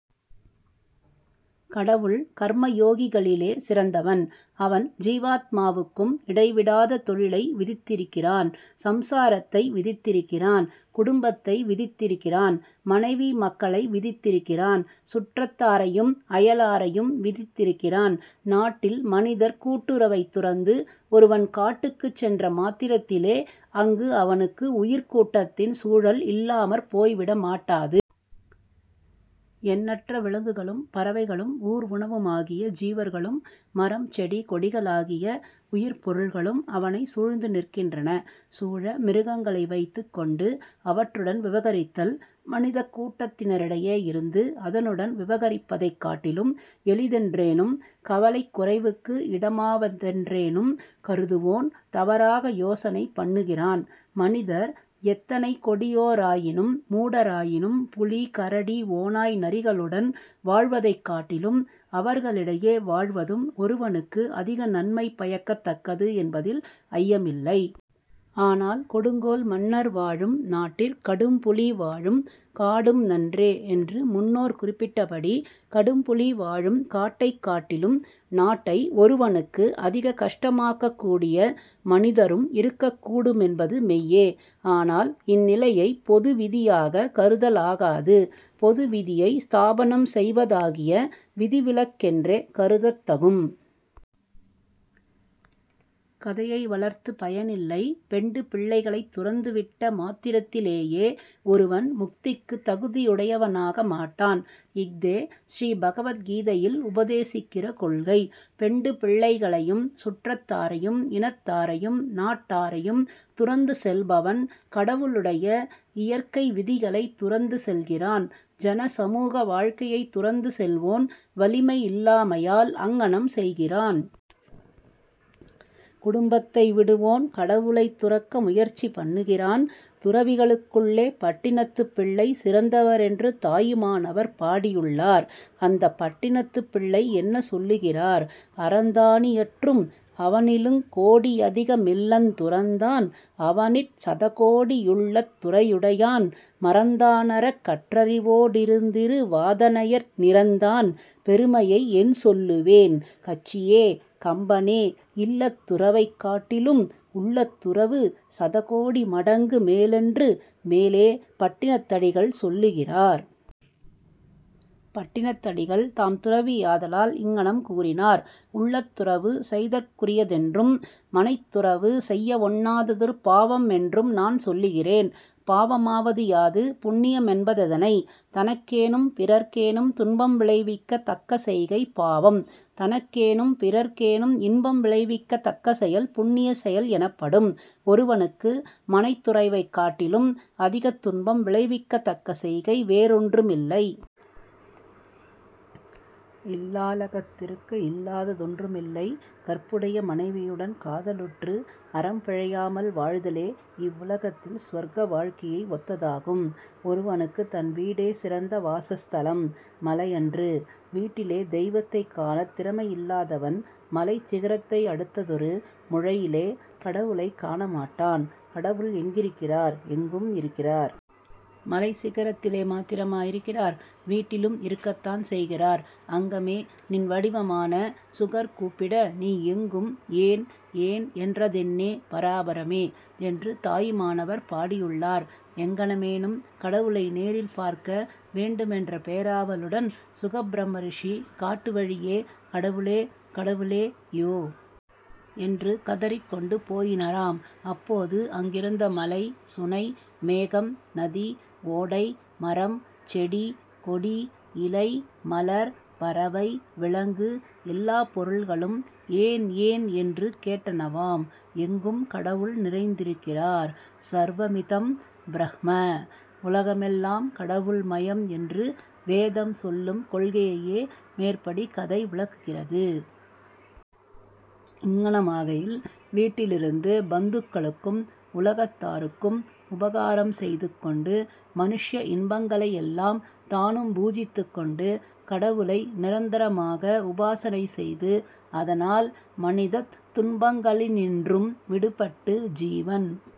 கடவுள் கர்ம யோகிகளிலே சிறந்தவன். அவன் ஜீவாத்மாவுக்கும் இடைவிடாத தொழிலை விதித்திருக்கிறான் சம்சாரத்தை விதித்திருக்கிறான்; குடும்பத்தை விதித்திருக்கிறான் மனைவி மக்களை விதித்திருக்கிறான் சுற்றத்தாரையும் அயலாரையும் விதித்திருக்கிறான். நாட்டில் மனிதர் கூட்டுறவைத் துறந்து ஒருவன் காட்டுக்குச் சென்ற மாத்திரத்திலே அங்கு அவனுக்கு உயிர்க் கூட்டத்தின் சூழல் இல்லாமற் போய்விட மாட்டாது. எண்ணற்ற விலங்குகளும், பறவைகளும், ஊர்வனவுமாகிய ஜீவர்களும், மரம், செடி, கொடிகளாகிய உயிர்ப் பொருள்களும் அவனைச் சூழ்ந்து நிற்கின்றன. சூழ மிருகங்களை வைத்துக் கொண்டு, அவற்றுடன் விவகரித்தல் மனிதக் கூட்டத்தினரிடையே இருந்து அதனுடன் விவகரிப்பதைக் காட்டிலும் எளிதென்றேனும் கவலைக் குறைவுக்கு இடமாவதென்றேனும் கருதுவோன் தவறாக யோசனை பண்ணுகிறான். மனிதர் எத்தனை கொடியோராயினும், மூடராயினும், புலி, கரடி, ஓநாய் நரிகளுடன் வாழ்வதைக் காட்டிலும் அவர்களிடையே வாழ்வதும் ஒருவனுக்கு அதிக நன்மை பயக்கத் தக்கது என்பதில் ஐயமில்லை. ஆனால், 'கொடுங்கோல் மன்னர் வாழும் நாட்டிற் கடும்புலி வாழும் காடும் நன்றே' என்று முன்னோர் குறிப்பிட்டபடி, கடும்புலி வாழும் காட்டைக் காட்டிலும் நாட்டை ஒருவனுக்கு அதிக கஷ்டமாக்கக்கூடிய மனிதரும் இருக்கக் கூடுமென்பது மெய்யே. ஆனால் இந்நிலையைப் பொது விதியாகக் கருதலாகாது. பொது விதியை ஸ்தாபனம் செய்வதாகிய விதிவிலக்கென்றே கருதத் தகும். கதையை வளர்த்துப் பயனில்லை. பெண்டு பிள்ளைகளைத் துறந்துவிட்ட மாத்திரத்திலேயே ஒருவன் முக்திக்குத் தகுதியுடையவனாக மாட்டான். இஃதே ஸ்ரீபகவத் கீதையில் உபதேசிக்கிற கொள்கை. பெண்டு பிள்ளைகளையும் சுற்றத்தாரையும் இனத்தாரையும் நாட்டாரையும் துறந்து செல்பவன் கடவுளுடைய இயற்கை விதிகளைத் துறந்து செல்கிறான். ஜன சமூக வாழ்க்கையைத் துறந்து செல்வோன் வலிமையில்லாமையால் அங்ஙனம் செய்கிறான். குடும்பத்தை விடுவோன் கடவுளைத் துறக்க முயற்சி பண்ணுகிறான். துறவிகளுக்குள்ளே பட்டினத்துப் பிள்ளை சிறந்தவரென்று தாயுமானவர் பாடியுள்ளார். அந்தப் பட்டினத்துப் பிள்ளை என்ன சொல்லுகிறார்? அறந்தா னியற்றும் அவனிலுங் கோடியதிக மில்லந் துறந்தான் அவனிற் சதகோடி யுள்ளத் துறையுடையான் மறந்தா னறக் கற்றறிவோ டிருந்திரு வாதனையற் நிறந்தான் பெருமையை என் சொல்லுவேன் கச்சியே கம்பனே இல்லத் துறவைக் காட்டிலும் உள்ளத் துறவு சதகோடி மடங்கு மேலென்று மேலே பட்டினத்தடிகள் சொல்லுகிறார். பட்டினத்தடிகள் தாம் துறவியாதலால் இங்ஙனம் கூறினார். உள்ளத் துறவு செய்தற்குரியதென்றும் மனைத் துறவு செய்யவொண்ணாததொரு பாவமென்றும் நான் சொல்லுகிறேன். பாவமாவது யாது? புண்ணியமென்பதெனனை? தனக்கேனும் பிறர்க்கேனும் துன்பம் விளைவிக்கத் தக்க செய்கை பாவம். தனக்கேனும் பிறர்க்கேனும் இன்பம் விளைவிக்கத்தக்க செயல் புண்ணியச் செயல் எனப்படும். ஒருவனுக்கு மனைத் துறவைக் காட்டிலும் அதிகத் துன்பம் விளைவிக்கத்தக்க செய்கை வேறொன்றுமில்லை. 'இல்லா ளகத்திருக்க இல்லாத தொன்றுமில்லை கற்புடைய மனைவியுடன் காதலுற்று, அறம் பிழையாமல் வாழ்தலே இவ்வுலகத்தில் சுவர்க்க வாழ்க்கையை ஒத்ததாகும். ஒருவனுக்குத் தன் வீடே சிறந்த வாசஸ்தலம். மலையன்று. வீட்டிலே தெய்வத்தைக் காணத் திறமையில்லாதவன் மலைச் சிகரத்தையடுத்ததொரு முழையிலே கடவுளைக் காணமாட்டான். கடவுள் எங்கிருக்கிறார்? எங்கும் இருக்கிறார். மலைச் சிகரத்திலே மாத்திரமா இருக்கிறார்? வீட்டிலும் இருக்கத்தான் செய்கிறார். அங்கமே நின் வடிவமான சுகர்கூப்பிட நீ எங்கும் 'ஏன்? ஏன்? ' என்ற தென்னே பராபரமே? என்று தாயுமானவர் பாடியுள்ளார். எங்ஙனமேனும், கடவுளை நேரில் பார்க்க வேண்டுமென்ற பேராவலுடன், சுகப் பிரம்மரிஷி காட்டு வழியே, 'கடவுளே, கடவுளே யோ! ' என்று கதறிக்கொண்டு போயினராம். அப்போது அங்கிருந்த மலை, சுனை, மேகம், நதி, ஓடை, மரம், செடி, கொடி, இலை, மலர், பறவை, விலங்கு எல்லாப் பொருள்களும் 'ஏன்? ஏன்? ' என்று கேட்டனவாம். எங்கும் கடவுள் நிறைந்திருக்கிறார். 'ஸர்வமிதம் ப்ரஹ்ம' உலகமெல்லாம் கடவுள் மயம் என்று வேதம் சொல்லும் கொள்கையையே மேற்படி கதை விளக்குகிறது. இங்ஙனமாகையில் வீட்டிலிருந்து பந்துக்களுக்கும் உலகத்தாருக்கும் உபகாரம் செய்துகொண்டு, மனுஷ்ய இன்பங்களையெல்லாம் தானும் பூஜித்துக்கொண்டு, கடவுளை நிரந்தரமாக உபாசனை செய்து, அதனால் மனிதத் துன்பங்களினின்றும் விடுபட்டு, ஜீவன்